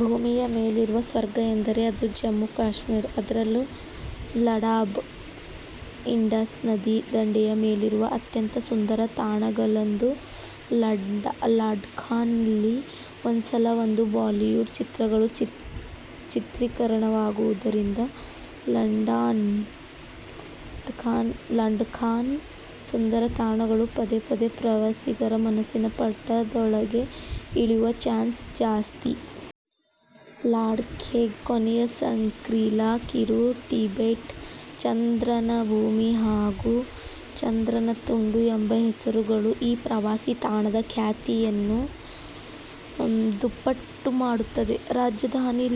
ಭೂಮಿ ಯ ಮೇಲಿರುವ ಸ್ವರ್ಗ ಎಂದರೆ ಅದು ಜಮ್ಮು ಕಾಶ್ಮೀರ. ಅದರಲ್ಲೂ ಲಡಾಖ್ ಇಂಡಸ್ ನದಿ ದಂಡೆಯ ಮೇಲಿರುವ ಅತ್ಯಂತ ಸುಂದರ ತಾಣಗಲ್ಲೊಂದು. ಲಡಾಖ್ನಲ್ಲಿ ಒಂದಲ್ಲ ಒಂದು ಬಾಲಿವುಡ್ ಚಿತ್ರಗಳು ಚಿತ್ರೀಕರಣವಾಗುವುದರಿಂದ ಲಡಾಖ್ನ ಸುಂದರ ತಾಣಗಳು ಪದೇ ಪದೇ ಪ್ರವಾಸಿಗರ ಮನಸ್ಸಿನ ಪಟದೊಳಗೆ ಇಳಿಯುವ ಚಾನ್ಸೇ ಜಾಸ್ತಿ. ಲಡಾಖ್ಗೆ 'ಕೊನೆಯ ಸಂಗ್ರೀಲಾ', 'ಕಿರು ಟಿಬೆಟ್', 'ಚಂದ್ರನ ಭೂಮಿ' ಹಾಗೂ 'ಚಂದ್ರನ ತುಂಡು' ಎಂಬ ಹೆಸರುಗಳು ಈ ಪ್ರವಾಸಿ ತಾಣದ ಖ್ಯಾತಿಯನ್ನು ದುಪ್ಪಟ್ಟು ಮಾಡುತ್ತದೆ. ರಾಜಧಾನಿ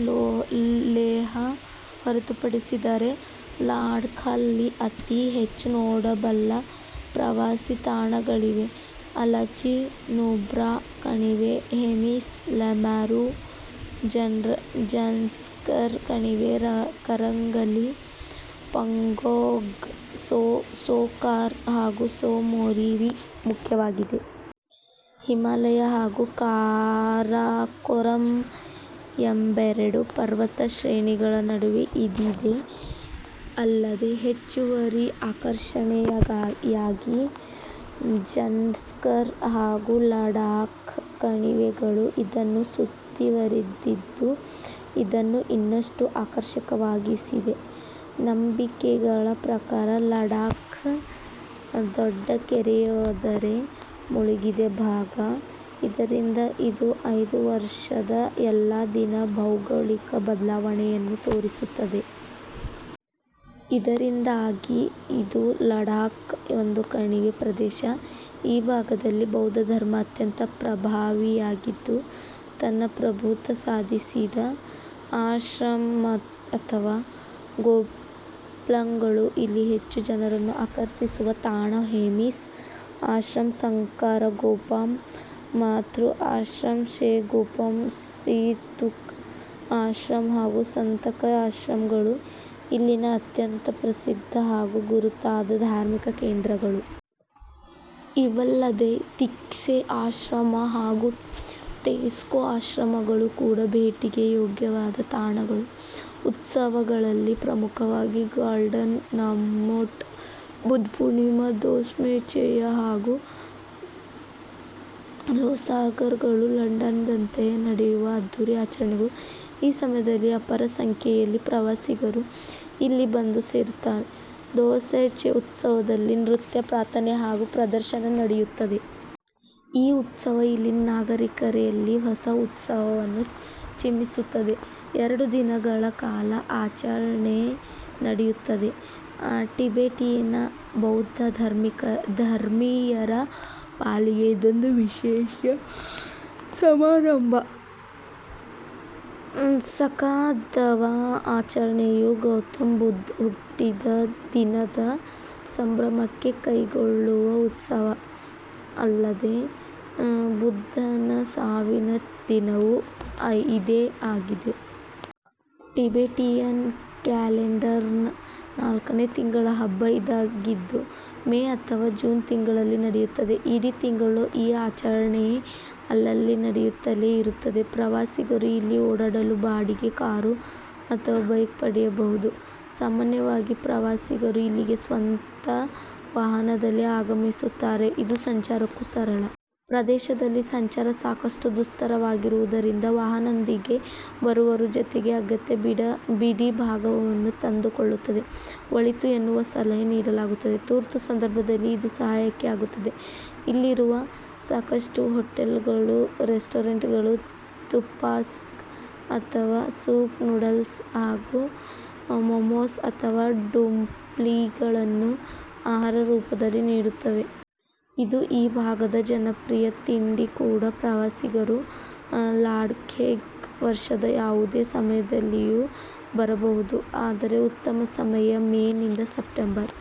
ಲೇಹ್ ಹೊರತುಪಡಿಸಿದರೆ ಲಡಾಖ್ನಲ್ಲಿ ಅತೀ ಹೆಚ್ಚು ನೋಡಬಲ್ಲ ಪ್ರವಾಸಿ ತಾಣಗಳಿವೆ. ಅಲಚಿ, ನೂಬ್ರಾ ಕಣಿವೆ, ಹೇಮಿಸ್, ಲಮ್ಯಾರು, ಜನ್ಸ್ಕರ್ ಕಣಿವೆ, ಕರಂಗಲಿ, ಪಂಗೊಂಗ್ ಸೊ, ಸೋ ಕಾರ್ ಹಾಗೂ ಸೊ ಮೋರಿರಿ ಮುಖ್ಯವಾಗಿದೆ. ಹಿಮಾಲಯ ಹಾಗೂ ಕಾರಾಕೋರಂ ಎಂಬೆರಡು ಪರ್ವತ ಶ್ರೇಣಿಗಳ ನಡುವೆ ಇದಿದೆ. ಅಲ್ಲದೇ ಹೆಚ್ಚುವರಿ ಆಕರ್ಷಣೆಯಾಗಿ ಜನ್ಸಕರ್ ಹಾಗೂ ಲಡಾಖ್ ಕಣಿವೆಗಳು ಇದನ್ನು ಸುತ್ತಿವರಿದಿದ್ದು ಇದನ್ನು ಇನ್ನಷ್ಟು ಆಕರ್ಷಕವಾಗಿಸಿದೆ. ನಂಬಿಕೆಗಳ ಪ್ರಕಾರ, ಲಡಾಖ್ ದೊಡ್ಡ ಕೆರೆಯೊಂದರ ಮುಳುಗಿದ ಭಾಗ. ಇದರಿಂದ ಇದು ವರ್ಷದ ಎಲ್ಲಾ ದಿನ ಭೌಗೋಳಿಕ ಬದಲಾವಣೆಯನ್ನು ತೋರಿಸುತ್ತದೆ. ಇದರಿಂದಾಗಿ ಇದು ಲಡಾಖ್ ಒಂದು ಕಣಿವೆ ಪ್ರದೇಶ. ಈ ಭಾಗದಲ್ಲಿ ಬೌದ್ಧ ಧರ್ಮ ಅತ್ಯಂತ ಪ್ರಭಾವಿಯಾಗಿದ್ದು, ತನ್ನ ಪ್ರಭುತ್ವ ಸಾಧಿಸಿದೆ. ಆಶ್ರಮ ಅಥವಾ ಗೋಂಪ್ಗಳು ಇಲ್ಲಿ ಹೆಚ್ಚು ಜನರನ್ನು ಆಕರ್ಷಿಸುವ ತಾಣ. ಹೇಮಿಸ್ ಆಶ್ರಮ, ಸಂಕರ ಗೋಂಪಾ, ಮಾಥೂ ಆಶ್ರಮ, ಶೇ ಗೋಂಪಾ, ಸ್ಪಿತುಕ್ ಆಶ್ರಮ ಹಾಗೂ ಸತಂಕ ಆಶ್ರಮಗಳು ಇಲ್ಲಿನ ಅತ್ಯಂತ ಪ್ರಸಿದ್ಧ ಹಾಗೂ ಗುರುತಾದ ಧಾರ್ಮಿಕ ಕೇಂದ್ರಗಳು. ಇವಲ್ಲದೇ ತಿಕ್ಸೆ ಆಶ್ರಮ ಹಾಗೂ ತೆಸ್ಮೋ ಆಶ್ರಮಗಳು ಕೂಡ ಭೇಟಿಗೆ ಯೋಗ್ಯವಾದ ತಾಣಗಳು. ಉತ್ಸವಗಳಲ್ಲಿ ಪ್ರಮುಖವಾಗಿ ಗಾಲ್ಡನ್ ನಮ್ಚೋಟ್, ಬುದ್ಧ ಪೂರ್ಣಿಮೆ, ದೋಸ್ಮೋಚೇ ಹಾಗೂ ಲೋಸಾರ್ಗಳು ಲಡಾಖ್ನಾದ್ಯಂತ ನಡೆಯುವ ಅದ್ದೂರಿ ಆಚರಣೆಗಳು. ಈ ಸಮಯದಲ್ಲಿ ಅಪಾರ ಸಂಖ್ಯೆಯಲ್ಲಿ ಪ್ರವಾಸಿಗರೂ ಇಲ್ಲಿ ಬಂದು ಸೇರುತ್ತಾರೆ. ದೋಸ್ಮೋಚೇ ಉತ್ಸವದಲ್ಲಿ ನೃತ್ಯ, ಪ್ರಾರ್ಥನೆ ಹಾಗೂ ಪ್ರದರ್ಶನ ನಡೆಯುತ್ತದೆ. ಈ ಉತ್ಸವ ಇಲ್ಲಿನ ನಾಗರಿಕರಲ್ಲಿ ಹೊಸ ಉತ್ಸಾಹವನ್ನು ಚಿಮ್ಮಿಸುತ್ತದೆ. ಎರಡು ದಿನಗಳ ಕಾಲ ಈ ಆಚರಣೆ ನಡೆಯುತ್ತದೆ. ಟಿಬೇಟಿಯನ್ ಬೌದ್ಧ ಧರ್ಮೀಯರ ಪಾಲಿಗೆ ಇದೊಂದು ವಿಶೇಷ ಸಮಾರಂಭ. ಸಖಾ ದವಾ ಆಚರಣೆಯು ಗೌತಮ ಬುದ್ಧ ಹುಟ್ಟಿದ ದಿನದ ಸಂಭ್ರಮಕ್ಕೆ ಕೈಗೊಳ್ಳುವ ಉತ್ಸವ. ಅಲ್ಲದೇ ಬುದ್ಧನ ಸಾವಿನ ದಿನವೂ ಇದೇ ಆಗಿದೆ. ಟಿಬೇಟಿಯನ್ ಕ್ಯಾಲೆಂಡರ್ನ ನಾಲ್ಕನೇ ತಿಂಗಳ ಹಬ್ಬ ಇದಾಗಿದ್ದು, ಮೇ ಅಥವಾ ಜೂನ್ ತಿಂಗಳಲ್ಲಿ ನಡೆಯುತ್ತದೆ. ಇಡೀ ತಿಂಗಳು ಈ ಆಚರಣೆ ಅಲ್ಲಲ್ಲಿ ನಡೆಯುತ್ತಲೇ ಇರುತ್ತದೆ. ಪ್ರವಾಸಿಗರು ಇಲ್ಲಿ ಓಡಾಡಲು ಬಾಡಿಗೆ ಕಾರು ಅಥವಾ ಬೈಕ್ ಪಡೆಯಬಹುದು. ಸಾಮಾನ್ಯವಾಗಿ ಪ್ರವಾಸಿಗರು ಇಲ್ಲಿಗೆ ಸ್ವಂತ ವಾಹನದಲ್ಲಿ ಆಗಮಿಸುತ್ತಾರೆ. ಇದು ಸಂಚಾರಕ್ಕೂ ಸರಳ. ಪ್ರದೇಶದಲ್ಲಿ ಸಂಚಾರ ಸಾಕಷ್ಟು ದುಸ್ತರವಾಗಿರುವುದರಿಂದ ವಾಹನದೊಂದಿಗೆ ಬರುವವರು ಜತೆಗೆ ಅಗತ್ಯ ಬಿಡಿಭಾಗವನ್ನೂ ತಂದುಕೊಳ್ಳುವುದು ಒಳಿತು ಎನ್ನುವ ಸಲಹೆ ನೀಡಲಾಗುತ್ತದೆ. ತುರ್ತು ಸಂದರ್ಭದಲ್ಲಿ ಇದು ಸಹಾಯಕ್ಕೆ ಆಗುತ್ತದೆ. ಇಲ್ಲಿರುವ ಸಾಕಷ್ಟು ಹೋಟೆಲ್ಗಳು, ರೆಸ್ಟೊರೆಂಟ್ಗಳು ತುಪ್ಕಾಸ್ ಅಥವಾ ಸೂಪ್ ನೂಡಲ್ಸ್ ಹಾಗೂ ಮೋಮೊಸ್ ಅಥವಾ ಡುಪ್ಲಿಂಗ್ಗಳನ್ನು ಆಹಾರ ರೂಪದಲ್ಲಿ ನೀಡುತ್ತವೆ. ಇದು ಈ ಭಾಗದ ಜನಪ್ರಿಯ ತಿಂಡಿ ಕೂಡ. ಪ್ರವಾಸಿಗರು ಲಡಾಖ್ಗೆ ವರ್ಷದ ಯಾವುದೇ ಸಮಯದಲ್ಲಿಯೂ ಬರಬಹುದು. ಆದರೆ ಉತ್ತಮ ಸಮಯ, ಮೇ ನಿಂದ ಸೆಪ್ಟೆಂಬರ್